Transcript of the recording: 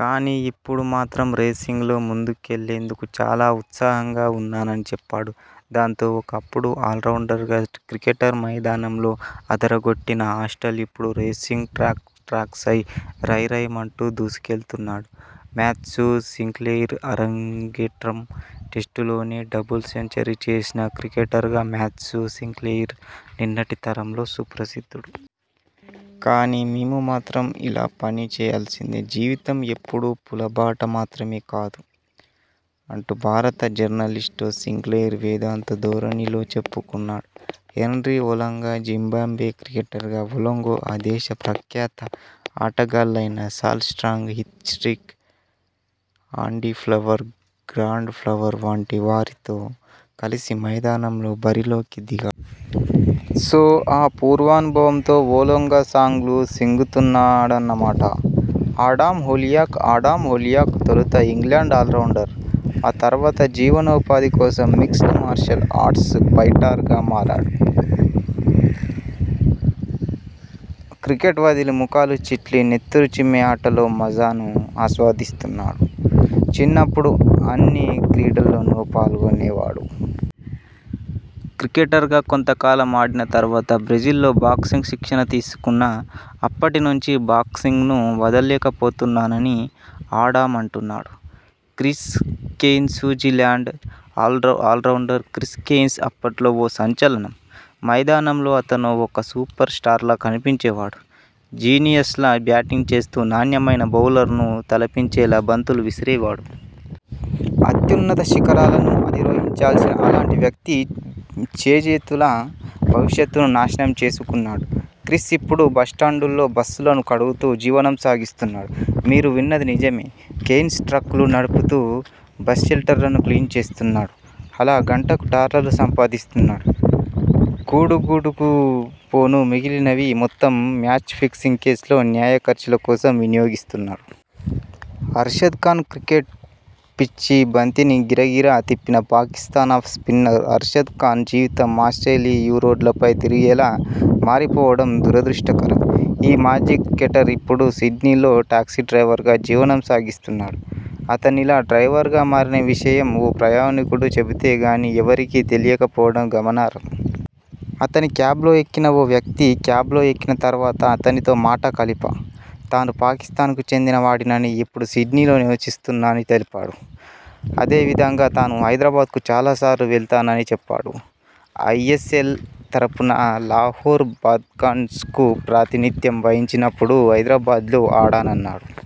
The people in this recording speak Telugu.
కానీ, ఇప్పుడు మాత్రం రేసింగ్లో ముందుకెళ్లేందుకు చాలా ఉత్సాహంగా ఉన్నాన'ని చెప్పాడు. దాంతో, ఒకప్పుడు ఆల్రౌండర్గా క్రికెట్ మైదానంలో అదరగొట్టిన ఆస్టల్ ఇప్పుడు రేసింగ్ ట్రాక్పై రయ్ రయ్ మంటూ దూసుకెళ్తున్నాడు. మాథ్యూ సింక్లెయిర్అరంగేట్రం టెస్టులోనే డబుల్ సెంచరీ చేసిన క్రికెటర్గా మాథ్యూ సింక్లెయిర్ నిన్నటి తరంలో సుప్రసిద్ధుడు. కానీ, మేము మాత్రం ఇలా పని చేయాల్సిందే. జీవితం ఎప్పుడూ పూలబాట మాత్రమే కాదు' అంటూ భారత జర్నలిస్ట్తో సింక్లెయిర్ వేదాంత ధోరణిలో చెప్పుకున్నాడు. హెన్రీ ఒలొంగాజింబాబ్వే క్రికెటర్ ఒలొంగా ఆ దేశ ప్రఖ్యాత ఆటగాళ్లయిన సాల్ Strang, Heath Streak, Andy Flower, Grant Flower వంటి వారితో కలిసి మైదానంలో బరిలోకి దిగా. సో ఆ పూర్వానుభవంతో ఒలొంగా సాంగ్లు సింగుతున్నాడన్నమాట! ఆడమ్ హోలియాక్ ఆడమ్ హోలియాక్ తొలుత ఇంగ్లండ్ ఆల్రౌండర్. ఆ తర్వాత జీవనోపాధి కోసం మిక్స్డ్ మార్షల్ ఆర్ట్స్ ఫైటర్గా మారాడు. క్రికెట్ వదిలి ముఖాలు చిట్లి నెత్తురు చిమ్మే ఆటలో మజాను ఆస్వాదిస్తున్నాడు. 'చిన్నప్పుడు అన్ని క్రీడల్లోనూ పాల్గొనేవాడు. క్రికెటర్గా కొంతకాలం ఆడిన తర్వాత బ్రెజిల్లో బాక్సింగ్ శిక్షణ తీసుకున్నా. అప్పటి నుంచి బాక్సింగ్ను వదల్లేకపోతున్నాన'ని ఆడమ్ అంటున్నాడు. Chris Cairns New Zealand allrounder Chris Cairns అప్పట్లో ఓ సంచలనం. మైదానంలో అతనో ఒక సూపర్ స్టార్లా కనిపించేవాడు. జీనియస్లా బ్యాటింగ్ చేస్తూ నాణ్యమైన బౌలర్ను తలపించేలా బంతులు విసిరేవాడు. అత్యున్నత శిఖరాలను అధిరోహించాల్సిన అలాంటి వ్యక్తి చేజేతులా భవిష్యత్తును నాశనం చేసుకున్నాడు. క్రిస్ ఇప్పుడు బస్టాండుల్లో బస్సులను కడుగు తూ జీవనం సాగిస్తున్నాడు. మీరు విన్నది నిజమే. కెయిన్స్ ట్రక్కులు నడుపుతూ బస్ షెల్టర్లను క్లీన్ చేస్తున్నాడు. అలా గంటకు డాలర్లు సంపాదిస్తున్నాడు. కూడు గూడుకు పోను మిగిలినవి మొత్తం మ్యాచ్ ఫిక్సింగ్ కేసు లో న్యాయ ఖర్చుల కోసం వినియోగిస్తున్నాడు. అర్షద్ ఖాన్ క్రికెట్ పిచ్ బంతిని గిరగిరా తిప్పిన పాకిస్థాన్ ఆఫ్ స్పిన్నర్ అర్షద్ ఖాన్ జీవితం ఆస్ట్రేలి యా రోడ్లపై తిరిగేలా మారిపోవడం దురదృష్టకరం. ఈ మాజీ క్రికెటర్ ఇప్పుడు సిడ్నీలో టాక్సీ డ్రైవర్గా జీవనం సాగిస్తున్నాడు. అతనిలా డ్రైవర్గా మారిన విషయం ఓ ప్రయాణికుడు చెబితే గానీ ఎవరికీ తెలియకపోవడం గమనార్హం. అతని క్యాబ్లో ఎక్కిన ఓ వ్యక్తి 'క్యాబ్లో ఎక్కిన తర్వాత అతనితో మాట కలిపా. తాను పాకిస్థాన్కు చెందిన వాడినని, ఇప్పుడు సిడ్నీలో నివసిస్తున్నానని తెలిపాడు. అదే విధంగా తాను హైదరాబాద్కు చాలా సార్లు వెల్తనని చెప్పాడు. ఐఎస్ఎల్ తరఫున లాహోర్ బాద్షాస్కు ప్రాతినిథ్యం వహించినప్పుడు హైదరాబాద్లో ఆడానన్నాడు.